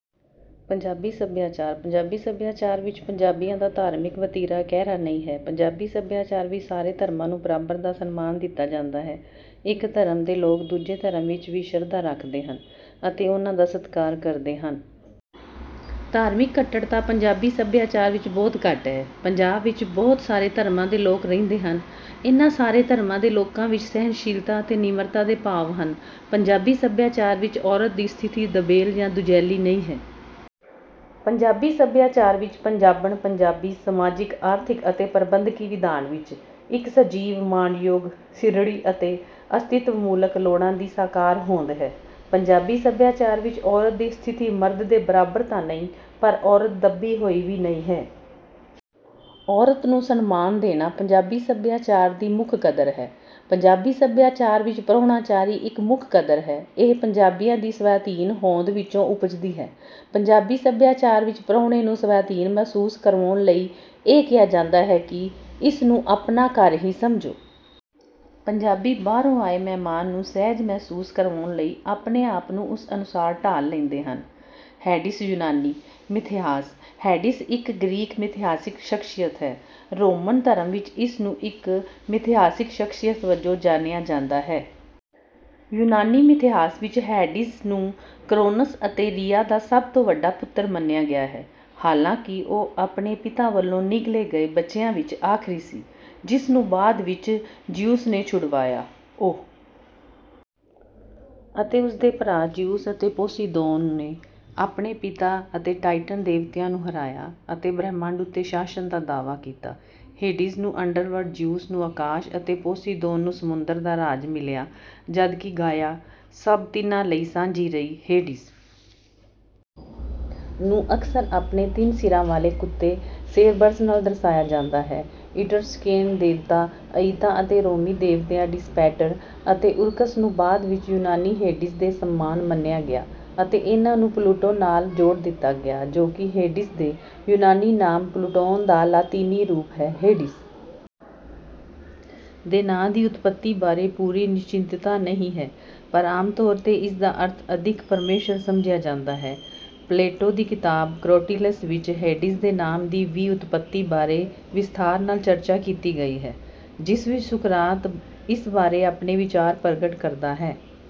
ਪੰਜਾਬੀ ਸਭਿਆਚਾਰ ਪੰਜਾਬੀ ਸਭਿਆਚਾਰ ਵਿੱਚ ਪੰਜਾਬੀਆਂ ਦਾ ਧਾਰਮਿਕ ਵਤੀਰਾ ਇਕਹਿਰਾ ਨਹੀਂ ਹੈ। ਪੰਜਾਬੀ ਸਭਿਆਚਾਰ ਵਿੱਚ ਸਾਰੇ ਧਰਮਾਂ ਨੂੰ ਬਰਾਬਰ ਦਾ ਸਨਮਾਨ ਦਿੱਤਾ ਜਾਂਦਾ ਹੈ। ਇੱਕ ਧਰਮ ਦੇ ਲੋਕ ਦੂਜੇ ਧਰਮ ਵਿੱਚ ਵੀ ਸ਼ਰਧਾ ਰੱਖਦੇ ਹਨ ਅਤੇ ਉਨ੍ਹਾਂ ਦਾ ਸਤਿਕਾਰ ਕਰਦੇ ਹਨ। ਧਾਰਮਿਕ ਕੱਟੜਤਾ ਪੰਜਾਬੀ ਸਭਿਆਚਾਰ ਵਿੱਚ ਬਹੁਤ ਘੱਟ ਹੈ। ਪੰਜਾਬ ਵਿੱਚ ਬਹੁਤ ਸਾਰੇ ਧਰਮਾਂ ਦੇ ਲੋਕ ਰਹਿੰਦੇ ਹਨ। ਇਨ੍ਹਾਂ ਸਾਰੇ ਧਰਮਾਂ ਦੇ ਲੋਕਾਂ ਵਿੱਚ ਸਹਿਣਸ਼ੀਲਤਾ ਅਤੇ ਨਿਮਰਤਾ ਦੇ ਭਾਵ ਹਨ। ਪੰਜਾਬੀ ਸਭਿਆਚਾਰ ਵਿੱਚ ਔਰਤ ਦੀ ਸਥਿਤੀ ਦਬੇਲ ਜਾਂ ਦੂਜੇਲੀ ਨਹੀਂ ਹੈ। ਪੰਜਾਬੀ ਸਭਿਆਚਾਰ ਵਿੱਚ ਪੰਜਾਬਣ ਪੰਜਾਬੀ ਸਮਾਜਿਕ, ਆਰਥਿਕ ਅਤੇ ਪ੍ਰਬੰਧਕੀ ਵਿਧਾਨ ਵਿੱਚ ਇੱਕ ਸਜੀਵ, ਮਾਣਯੋਗ, ਸਿਰੜੀ ਅਤੇ ਅਸਤਿਤਵਮੂਲਕ ਲੋੜਾਂ ਦੀ ਸਾਕਾਰ ਹੋਂਦ ਹੈ। ਪੰਜਾਬੀ ਸਭਿਆਚਾਰ ਵਿੱਚ ਔਰਤ ਦੀ ਸਥਿਤੀ ਮਰਦ ਦੇ ਬਰਾਬਰ ਤਾਂ ਨਹੀਂ, ਪਰ ਔਰਤ ਦੱਬੀ ਹੋਈ ਵੀ ਨਹੀਂ ਹੈ। ਔਰਤ ਨੂੰ ਸਨਮਾਨ ਦੇਣਾ ਪੰਜਾਬੀ ਸਭਿਆਚਾਰ ਦੀ ਮੁੱਖ ਕਦਰ ਹੈ। ਪੰਜਾਬੀ ਸਭਿਆਚਾਰ ਵਿੱਚ ਪ੍ਰਾਹੁਣਾਚਾਰੀ ਇੱਕ ਮੁੱਖ ਕਦਰ ਹੈ। ਇਹ ਪੰਜਾਬੀਆਂ ਦੀ ਸਵੈਧੀਨ ਹੋਂਦ ਵਿੱਚੋਂ ਉਪਜਦੀ ਹੈ। ਪੰਜਾਬੀ ਸਭਿਆਚਾਰ ਵਿੱਚ ਪ੍ਰਾਹੁਣੇ ਨੂੰ ਸਵੈਧੀਨ ਮਹਿਸੂਸ ਕਰਵਾਉਣ ਲਈ ਇਹ ਕਿਹਾ ਜਾਂਦਾ ਹੈ ਕਿ, “ਇਸ ਨੂੰ ਆਪਣਾ ਘਰ ਹੀ ਸਮਝੋ।” ਪੰਜਾਬੀ ਬਾਹਰੋਂ ਆਏ ਮਹਿਮਾਨ ਨੂੰ ਸਹਿਜ ਮਹਿਸੂਸ ਕਰਵਾਉਣ ਲਈ ਆਪਣੇ ਆਪ ਨੂੰ ਉਸ ਅਨੁਸਾਰ ਢਾਲ ਲੈਂਦੇ ਹਨ। ਹੇਡੀਸ ਯੂਨਾਨੀ ਮਿਥਿਹਾਸ ਹੇਡੀਸ ਇੱਕ ਗ੍ਰੀਕ ਮਿਥਿਹਾਸਿਕ ਸ਼ਖ਼ਸੀਅਤ ਹੈ। ਰੋਮਨ ਧਰਮ ਵਿੱਚ ਵੀ ਇਸ ਨੂੰ ਇੱਕ ਮਿਥਿਹਾਸਿਕ ਸ਼ਖ਼ਸੀਅਤ ਵਜੋਂ ਜਾਣਿਆ ਜਾਂਦਾ ਹੈ। ਯੂਨਾਨੀ ਮਿਥਿਹਾਸ ਵਿੱਚ ਹੇਡੀਸ ਨੂੰ ਕਰੌਨਸ ਅਤੇ ਰੀਆ ਦਾ ਸਭ ਤੋਂ ਵੱਡਾ ਪੁੱਤਰ ਮੰਨਿਆ ਗਿਆ ਹੈ, ਹਾਲਾਂਕਿ ਉਹ ਆਪਣੇ ਪਿਤਾ ਵੱਲੋਂ ਨਿਗਲੇ ਗਏ ਬੱਚਿਆਂ ਵਿੱਚ ਆਖ਼ਰੀ ਸੀ ਜਿਸ ਨੂੰ ਬਾਅਦ ਵਿੱਚ ਜ਼ਿਊਸ ਨੇ ਛੁਡਵਾਇਆ। ਉਹ ਅਤੇ ਉਸ ਦੇ ਭਰਾ ਜ਼ਿਊਸ ਅਤੇ ਪੋਸੀਦੋਨ ਨੇ ਆਪਣੇ ਪਿਤਾ ਅਤੇ ਟਾਇਟਨ ਦੇਵਤਿਆਂ ਨੂੰ ਹਰਾਇਆ ਅਤੇ ਬ੍ਰਹਿਮੰਡ ਉੱਤੇ ਸ਼ਾਸਨ ਦਾ ਦਾਅਵਾ ਕੀਤਾ। ਹੇਡੀਸ ਨੂੰ ਅੰਡਰਵਰਲਡ, ਜ਼ਿਊਸ ਨੂੰ ਆਕਾਸ਼ ਅਤੇ ਪੋਸੀਦੋਨ ਨੂੰ ਸਮੁੰਦਰ ਦਾ ਰਾਜ ਮਿਲਿਆ, ਜਦਕਿ ਗਾਇਆ ਸਭ ਤਿੰਨਾਂ ਲਈ ਸਾਂਝੀ ਰਹੀ। ਹੇਡੀਸ ਨੂੰ ਅਕਸਰ ਆਪਣੇ ਤਿੰਨ ਸਿਰਾਂ ਵਾਲੇ ਕੁੱਤੇ ਸੇਰਬਰਸ ਨਾਲ ਦਰਸਾਇਆ ਜਾਂਦਾ ਹੈ। ਈਟ੍ਰਸਕੇਨ ਦੇਵਤਾ ਅਈਤਾ ਅਤੇ ਰੋਮੀ ਦੇਵਤਿਆਂ ਡਿਸ ਪੈਟਰ ਅਤੇ ਓਰਕਸ ਨੂੰ ਬਾਅਦ ਵਿੱਚ ਯੂਨਾਨੀ ਹੇਡੀਸ ਦੇ ਸਮਾਨ ਮੰਨਿਆ ਗਿਆ ਅਤੇ ਇਨ੍ਹਾਂ ਨੂੰ ਪਲੂਟੋ ਨਾਲ ਜੋੜ ਦਿੱਤਾ ਗਿਆ, ਜੋ ਕਿ ਹੇਡੀਸ ਦੇ ਯੂਨਾਨੀ ਨਾਮ ਪਲੂਟੋਨ ਦਾ ਲਾਤੀਨੀ ਰੂਪ ਹੈ। ਹੇਡੀਸ ਦੇ ਨਾਂ ਦੀ ਉਤਪੱਤੀ ਬਾਰੇ ਪੂਰੀ ਨਿਸ਼ਚਿਤਤਾ ਨਹੀਂ ਹੈ, ਪਰ ਆਮ ਤੌਰ ’ਤੇ ਇਸ ਦਾ ਅਰਥ “ਅਦਿੱਖ ਪਰਮੇਸ਼ੁਰ” ਸਮਝਿਆ ਜਾਂਦਾ ਹੈ। ਪਲੈਟੋ ਦੀ ਕਿਤਾਬ ਕ੍ਰੈਟੀਲਸ ਵਿੱਚ ਹੇਡੀਸ ਦੇ ਨਾਮ ਦੀ ਵਿਉਤਪੱਤੀ ਬਾਰੇ ਵਿਸਥਾਰ ਨਾਲ ਚਰਚਾ ਕੀਤੀ ਗਈ ਹੈ, ਜਿਸ ਵਿੱਚ ਸੁਕਰਾਤ ਇਸ ਬਾਰੇ ਆਪਣੇ ਵਿਚਾਰ ਪ੍ਰਗਟ ਕਰਦਾ ਹੈ।